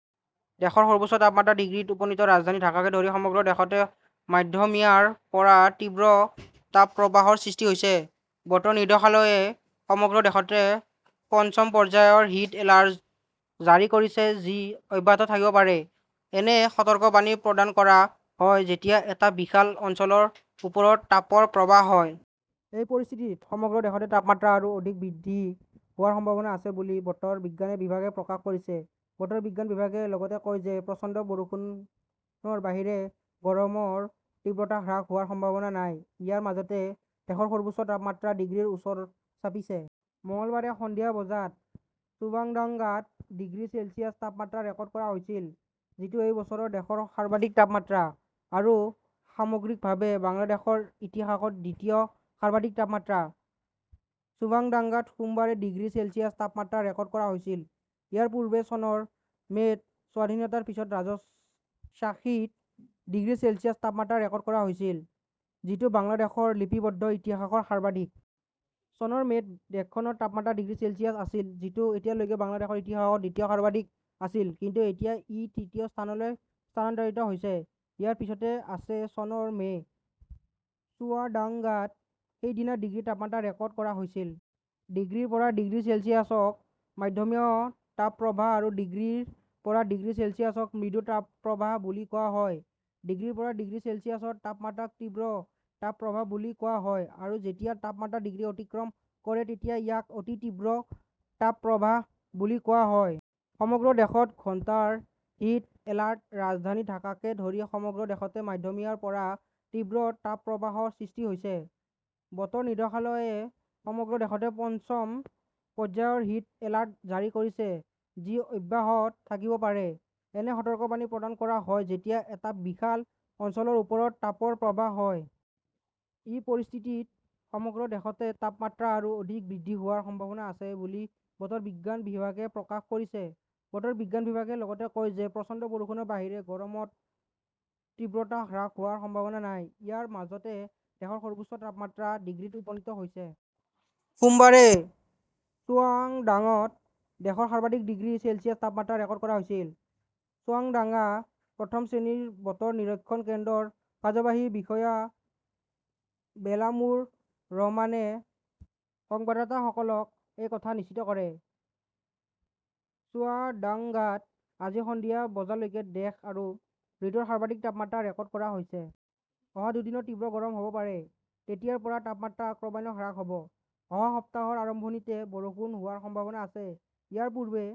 দেশৰ সৰ্বোচ্চ তাপমাত্ৰা ডিগ্ৰীত উপনীত ৰাজধানী ঢাকাকে ধৰি সমগ্ৰ দেশতে মধ্যমীয়াৰ পৰা তীব্ৰ তাপপ্ৰবাহৰ সৃষ্টি হৈছে। বতৰ নিৰ্দেশালয়ে সমগ্ৰ দেশতে পঞ্চম পৰ্যায়ৰ হিট এলাৰ্ট জাৰি কৰিছে, যি অব্যাহত থাকিব পাৰে। এনে সতৰ্কবাণী প্ৰদান কৰা হয় যেতিয়া এটা বিশাল অঞ্চলৰ ওপৰত তাপৰ প্ৰৱাহ হয়। এই পৰিস্থিতিত সমগ্ৰ দেশতে তাপমাত্ৰা আৰু অধিক বৃদ্ধি হোৱাৰ সম্ভাৱনা আছে বুলি বতৰ বিজ্ঞান বিভাগে প্ৰকাশ কৰিছে। বতৰ বিজ্ঞান বিভাগে লগতে কয় যে প্ৰচণ্ড বৰষুণৰ বাহিৰে গৰমৰ তীব্ৰতা হ্ৰাস হোৱাৰ সম্ভাৱনা নাই। ইয়াৰ মাজতে দেশৰ সৰ্বোচ্চ তাপমাত্ৰা ডিগ্ৰীৰ ওচৰ চাপিছে। মঙলবাৰে সন্ধিয়া বজাত চুৱাদাংগাত ডিগ্ৰী চেলছিয়াছ তাপমাত্ৰা ৰেকৰ্ড কৰা হৈছিল। যিটো এই বছৰ দেশৰ সৰ্বাধিক তাপমাত্ৰা। আৰু সামগ্ৰিকভাৱে বাংলাদেশৰ ইতিহাসত দ্বিতীয় সৰ্বাধিক তাপমাত্ৰা। চুৱাদাঙ্গাত সোমবাৰে ডিগ্ৰী চেলছিয়াছ তাপমাত্ৰা ৰেকৰ্ড কৰা হৈছিল। ইয়াৰ পূৰ্বে চনৰ মে "ত স্বাধীনতাৰ পিছত ৰাজশ্বাহীত ডিগ্ৰী চেলছিয়াছ তাপমাত্ৰা ৰেকৰ্ড কৰা হৈছিল, যিটো বাংলাদেশৰ লিপিবদ্ধ ইতিহাসৰ সৰ্বাধিক। চনৰ মে "ত দেশখনৰ তাপমাত্ৰা ডিগ্ৰী চেলছিয়াছ আছিল। যিটো এতিয়ালৈকে বাংলাদেশৰ ইতিহাসত দ্বিতীয় সৰ্বাধিক আছিল। কিন্তু এতিয়া ই তৃতীয় স্থানলৈ স্থানান্তৰিত হৈছে। ইয়াৰ পিছতে আছে চনৰ মে "। চুৱাডাংগাত সেইদিনা ডিগ্ৰী তাপমাত্ৰা ৰেকৰ্ড কৰা হৈছিল। ডিগ্ৰীৰ পৰা ডিগ্ৰী চেলছিয়াছক মধ্যমীয়া তাপপ্ৰবাহ আৰু ডিগ্ৰীৰ পৰা ডিগ্ৰী চেলছিয়াছক মৃদু তাপপ্ৰবাহ বুলি কোৱা হয়। ডিগ্ৰীৰ পৰা ডিগ্ৰী চেলছিয়াছৰ তাপমাত্ৰাক তীব্ৰ তাপপ্ৰবাহ বুলি কোৱা হয়। আৰু যেতিয়া তাপমাত্ৰা ডিগ্ৰী অতিক্ৰম কৰে তেতিয়া ইয়াক অতি তীব্ৰ তাপপ্ৰবাহ বুলি কোৱা হয়। সমগ্ৰ দেশতে ঘণ্টাৰ হিট এলাৰ্ট ৰাজধানী ঢাকাকে ধৰি সমগ্ৰ দেশতে মধ্যমীয়াৰ পৰা তীব্ৰ তাপপ্ৰবাহৰ সৃষ্টি হৈছে। বতৰ নিৰ্দেশালয়ে সমগ্ৰ দেশতে পঞ্চম পৰ্যায়ৰ হিট এলাৰ্ট জাৰি কৰিছে, যি অব্যাহত থাকিব পাৰে। এনে সতৰ্কবাণী প্ৰদান কৰা হয় যেতিয়া এটা বিশাল অঞ্চলৰ ওপৰত তাপৰ প্ৰৱাহ হয়। এই পৰিস্থিতিত সমগ্ৰ দেশতে তাপমাত্ৰা আৰু অধিক বৃদ্ধি হোৱাৰ সম্ভাৱনা আছে বুলি বতৰ বিজ্ঞান বিভাগে প্ৰকাশ কৰিছে। বতৰ বিজ্ঞান বিভাগে লগতে কয় যে প্ৰচণ্ড বৰষুণৰ বাহিৰে গৰমৰ তীব্ৰতা হ্ৰাস হোৱাৰ সম্ভাৱনা নাই। ইয়াৰ মাজতে দেশৰ সৰ্বোচ্চ তাপমাত্ৰা ডিগ্ৰীত উপনীত হৈছে। সোমবাৰে চুৱাদাঙ্গাত দেশৰ সৰ্বাধিক ডিগ্ৰী চেলছিয়াছ তাপমাত্ৰা ৰেকৰ্ড কৰা হৈছিল। চুৱাদাংগা প্ৰথম শ্ৰেণীৰ বতৰ নিৰীক্ষণ কেন্দ্ৰৰ কাৰ্যবাহী বিষয়া বেলামুৰ ৰহমানে সংবাদদাতাসকলক এই কথা নিশ্চিত কৰে। "চুৱাদাংগাত আজি সন্ধিয়া বজালৈকে দেশ আৰু ঋতুৰ সৰ্বাধিক তাপমাত্ৰা ৰেকৰ্ড কৰা হৈছে। অহা দুদিনত তীব্ৰ গৰম হ "ব পাৰে। তেতিয়াৰ পৰা তাপমাত্ৰা ক্ৰমান্বয়ে হ্ৰাস পাব। অহা সপ্তাহৰ আৰম্ভণিতে বৰষুণ হোৱাৰ সম্ভাৱনা আছে। "ইয়াৰ পূৰ্বে